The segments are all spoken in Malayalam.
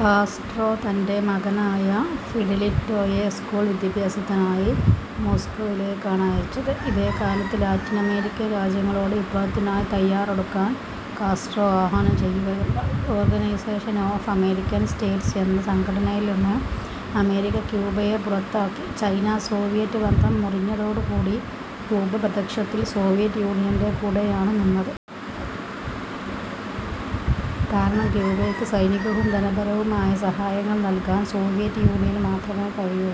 കാസ്ട്രോ തൻറെ മകനായ ഫിഡെലിറ്റോയെ സ്കൂൾ വിദ്യാഭ്യാസത്തിനായി മോസ്കോയിലേക്കാണ് അയച്ചത്. ഇതേകാലത്ത് ലാറ്റിനമേരിക്കൻ രാജ്യങ്ങളോട് വിപ്ലവത്തിനായി തയ്യാറെടുക്കാൻ കാസ്ട്രോ ആഹ്വാനം ചെയ്യുകയുണ്ടായി. ഓർഗനൈസേഷൻ ഓഫ് അമേരിക്കൻ സ്റ്റേറ്റ്സ് എന്ന സംഘടനയിൽനിന്ന് അമേരിക്ക ക്യൂബയെ പുറത്താക്കി. ചൈന സോവിയറ്റ് ബന്ധം മുറിഞ്ഞതോടുകൂടി ക്യൂബ പ്രത്യക്ഷത്തിൽ സോവിയറ്റ് യൂണിയൻറെ കൂടെയാണ് നിന്നത്. കാരണം ക്യൂബയ്ക്ക് സൈനികവും ധനപരവുമായ സഹായങ്ങൾ നൽകാൻ സോവിയറ്റ് യൂണിയനു മാത്രമേ കഴിയൂ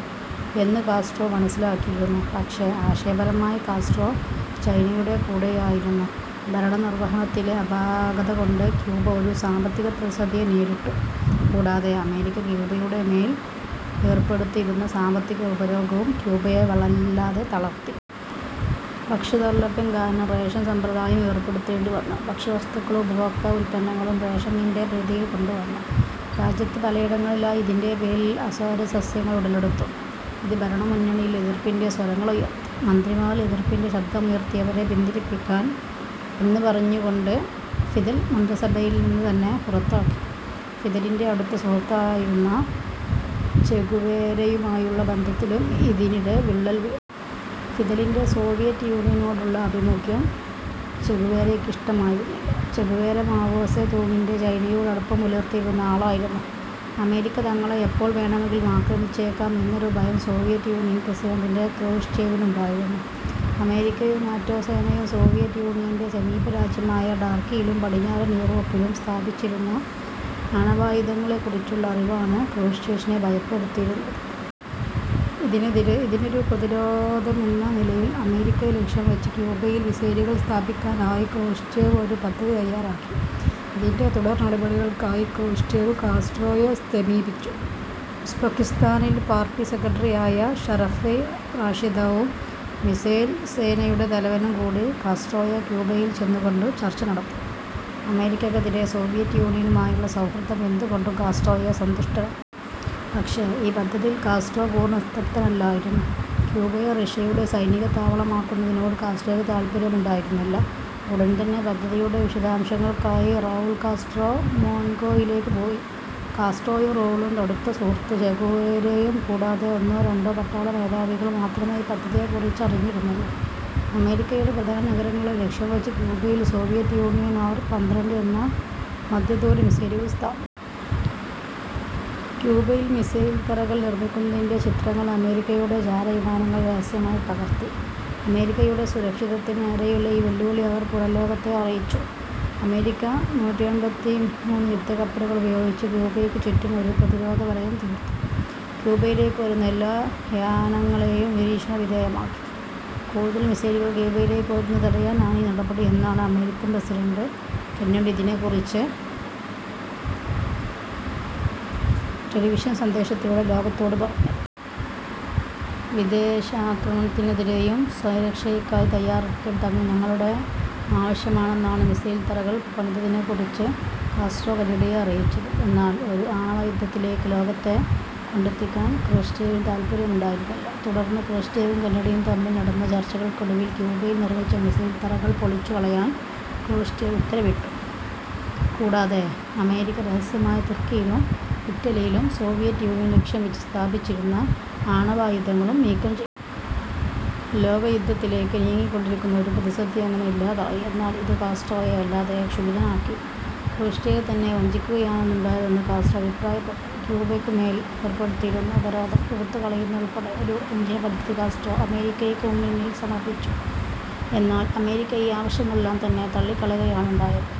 എന്ന് കാസ്ട്രോ മനസ്സിലാക്കിയിരുന്നു. പക്ഷേ ആശയപരമായി കാസ്ട്രോ ചൈനയുടെ കൂടെയായിരുന്നു. ഭരണനിർവഹണത്തിലെ അപാകതകൊണ്ട് ക്യൂബ ഒരു സാമ്പത്തിക പ്രതിസന്ധിയെ നേരിട്ടു. കൂടാതെ അമേരിക്ക ക്യൂബയുടെ മേൽ ഏർപ്പെടുത്തിയിരുന്ന സാമ്പത്തിക ഉപരോധവും ക്യൂബയെ വല്ലാതെ തളർത്തി. ഭക്ഷ്യദൗർലഭ്യം കാരണം റേഷൻ സമ്പ്രദായം ഏർപ്പെടുത്തേണ്ടിവന്നു. ഭക്ഷ്യവസ്തുക്കളും ഉപഭോക്തൃ ഉൽപ്പന്നങ്ങളും റേഷനിങ്ങിൻറെ പരിധിയിൽ കൊണ്ടുവന്നു. രാജ്യത്ത് പലയിടങ്ങളിലായി ഇതിൻറെ പേരിൽ അസ്വാരസ്യങ്ങൾ ഉടലെടുത്തു. ഇത് ഭരണ മുന്നണിയിൽ എതിർപ്പിൻറെ സ്വരങ്ങളുയർത്തി. മന്ത്രിമാരിൽ എതിർപ്പിൻറെ ശബ്ദമുയർത്തിയവരെ പിന്തിരിപ്പന്മാർ എന്നു പറഞ്ഞുകൊണ്ട് ഫിദൽ മന്ത്രിസഭയിൽനിന്നുതന്നെ പുറത്താക്കി. ഫിദലിൻറെ അടുത്ത സുഹൃത്തായിരുന്ന ചെഗുവേരയുമായുള്ള ബന്ധത്തിലും ഇതിനിടെ വിള്ളൽ. ഫിദലിൻറെ സോവിയറ്റ് യൂണിയനോടുള്ള ആഭിമുഖ്യം ചെഗുവേരയ്ക്ക് ഇഷ്ടമായിരുന്നില്ല. ചെ ഗുവേര മാവോ സേ തൂങ്ങിൻറെ ചൈനയോട് അടുപ്പം പുലർത്തിയിരുന്ന ആളായിരുന്നു. അമേരിക്ക തങ്ങളെ എപ്പോൾ വേണമെങ്കിലും ആക്രമിച്ചേക്കാം എന്നൊരു ഭയം സോവിയറ്റ് യൂണിയൻ പ്രസിഡന്റ് ക്രൂഷ്ചേവിനുണ്ടായിരുന്നു. അമേരിക്കയും നാറ്റോ സേനയും സോവിയറ്റ് യൂണിയൻറെ സമീപരാജ്യമായ ടർക്കിയിലും പടിഞ്ഞാറൻ യൂറോപ്പിലും സ്ഥാപിച്ചിരുന്ന ആണവായുധങ്ങളെക്കുറിച്ചുള്ള അറിവാണ് ക്രൂഷ്ചേവിനെ ഭയപ്പെടുത്തിയിരുന്നത്. ഇതിനൊരു പ്രതിരോധം എന്ന നിലയിൽ അമേരിക്കയെ ലക്ഷ്യംവെച്ച് ക്യൂബയിൽ മിസൈലുകൾ സ്ഥാപിക്കാനായി ക്രൂഷ്ചേവ് ഒരു പദ്ധതി തയ്യാറാക്കി. ഇതിൻറെ തുടർനടപടികൾക്കായി ക്രൂഷ്ചേവ് കാസ്ട്രോയെ സമീപിച്ചു. ഉസ്ബക്കിസ്ഥാനിലെ പാർട്ടി സെക്രട്ടറിയായ ഷറഫ് റാഷിദോവും മിസൈൽ സേനയുടെ തലവനും കൂടി കാസ്ട്രോയെ ക്യൂബയിൽ ചെന്നുകണ്ട് ചർച്ച നടത്തി. അമേരിക്കക്കെതിരേ സോവിയറ്റ് യൂണിയനുമായുള്ള സൗഹൃദം എന്തുകൊണ്ടും കാസ്ട്രോയെ സന്തുഷ്ട. പക്ഷേ ഈ പദ്ധതിയിൽ കാസ്ട്രോ പൂർണ്ണ തൃപ്തനല്ലായിരുന്നു. ക്യൂബയെ റഷ്യയുടെ സൈനികത്താവളമാക്കുന്നതിനോട് കാസ്ട്രോയ്ക്ക് താൽപര്യമുണ്ടായിരുന്നില്ല. ഉടൻതന്നെ പദ്ധതിയുടെ വിശദാംശങ്ങൾക്കായി റൗൾ കാസ്ട്രോ മോസ്കോയിലേക്ക് പോയി. കാസ്ട്രോയും റൗളും അടുത്ത സുഹൃത്ത് ചെ ഗുവേരയും കൂടാതെ ഒന്നോ രണ്ടോ പട്ടാള മേധാവികളും മാത്രമേ ഈ പദ്ധതിയെക്കുറിച്ച് അറിഞ്ഞിരുന്നുള്ളൂ. അമേരിക്കയുടെ പ്രധാന നഗരങ്ങളെ ലക്ഷ്യംവെച്ച് ക്യൂബയിൽ സോവിയറ്റ് യൂണിയൻ ആർ പന്ത്രണ്ട് എന്ന മധ്യദൂര മിസൈലുകൾ സ്ഥാപി. ക്യൂബയിൽ മിസൈൽത്തറകൾ നിർമ്മിക്കുന്നതിൻറെ ചിത്രങ്ങൾ അമേരിക്കയുടെ ചാരവിമാനങ്ങൾ രഹസ്യമായി പകർത്തി. അമേരിക്കയുടെ സുരക്ഷിതത്വത്തിനു നേരെയുള്ള ഈ വെല്ലുവിളി അവർ പുറംലോകത്തെ അറിയിച്ചു. അമേരിക്ക നൂറ്റിയെൺപത്തിമൂന്ന് യുദ്ധക്കപ്പലുകളുപയോഗിച്ച് ക്യൂബയ്ക്കു ചുറ്റും ഒരു പ്രതിരോധവലയം തീർത്തു. ക്യൂബയിലേക്ക് വരുന്ന എല്ലാ യാനങ്ങളേയും നിരീക്ഷണവിധേയമാക്കി. കൂടുതൽ മിസൈലുകൾ ക്യൂബയിലേക്ക് വരുന്നത് തടയാനാണ് ഈ നടപടി എന്നാണ് അമേരിക്കൻ പ്രസിഡന്റ് കെന്നഡി ഇതിനെക്കുറിച്ച് ടെലിവിഷൻ സന്ദേശത്തിലൂടെ ലോകത്തോട് പറഞ്ഞത്. വിദേശ ആക്രമണത്തിനെതിരെയും സ്വയരക്ഷയ്ക്കായി തയ്യാറെടുക്കേണ്ടത് ഞങ്ങളുടെ ആവശ്യമാണെന്നാണ് മിസൈൽത്തറകൾ പണിതതിനെക്കുറിച്ച് കാസ്ട്രോ കെന്നഡിയെ അറിയിച്ചത്. എന്നാൽ ഒരു ആണവയുദ്ധത്തിലേക്ക് ലോകത്തെ കൊണ്ടെത്തിക്കാൻ ക്രൂഷ്ചേവിന് താൽപര്യമുണ്ടായിരുന്നില്ല. തുടർന്ന് ക്രൂഷ്ചേവും കെന്നഡിയും തമ്മിൽ നടന്ന ചർച്ചകൾക്കൊടുവിൽ ക്യൂബയിൽ നിർമ്മിച്ച മിസൈൽത്തറകൾ പൊളിച്ചുകളയാൻ ക്രൂഷ്ചേവ് ഉത്തരവിട്ടു. കൂടാതെ അമേരിക്ക രഹസ്യമായി തുർക്കിയിലും ഇറ്റലിയിലും സോവിയറ്റ് യൂണിയനെ ലക്ഷ്യംവെച്ച് സ്ഥാപിച്ചിരുന്ന ആണവായുധങ്ങളും നീക്കം ചെ. ലോകയുദ്ധത്തിലേക്ക് നീങ്ങിക്കൊണ്ടിരുന്ന ഒരു പ്രതിസന്ധി അങ്ങനെ ഇല്ലാതായി. എന്നാൽ ഇത് കാസ്ട്രോയെ വല്ലാതെ ക്ഷുഭിതനാക്കി. ക്രൂഷ്ചേവ് തന്നെ വഞ്ചിക്കുകയാണുണ്ടായതെന്ന് കാസ്ട്രോ അഭിപ്രായപ്പെട്ടു. ക്യൂബയ്ക്കുമേൽ ഏർപ്പെടുത്തിയിരുന്ന ഉപരോധം എടുത്തുകളയുന്നതുൾപ്പെടെ ഒരു അഞ്ചിന പദ്ധതി കാസ്ട്രോ അമേരിക്കയ്ക്കു മുമ്പിൽ സമർപ്പിച്ചു. എന്നാൽ അമേരിക്ക ഈ ആവശ്യങ്ങളെല്ലാം തന്നെ തള്ളിക്കളയുകയാണുണ്ടായത്.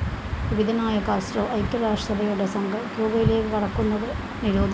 കുപിതനായ കാസ്ട്രോ ഐക്യരാഷ്ട്രസഭയുടെ സംഘം ക്യൂബയിലേക്ക് കടക്കുന്നത് നിരോധി.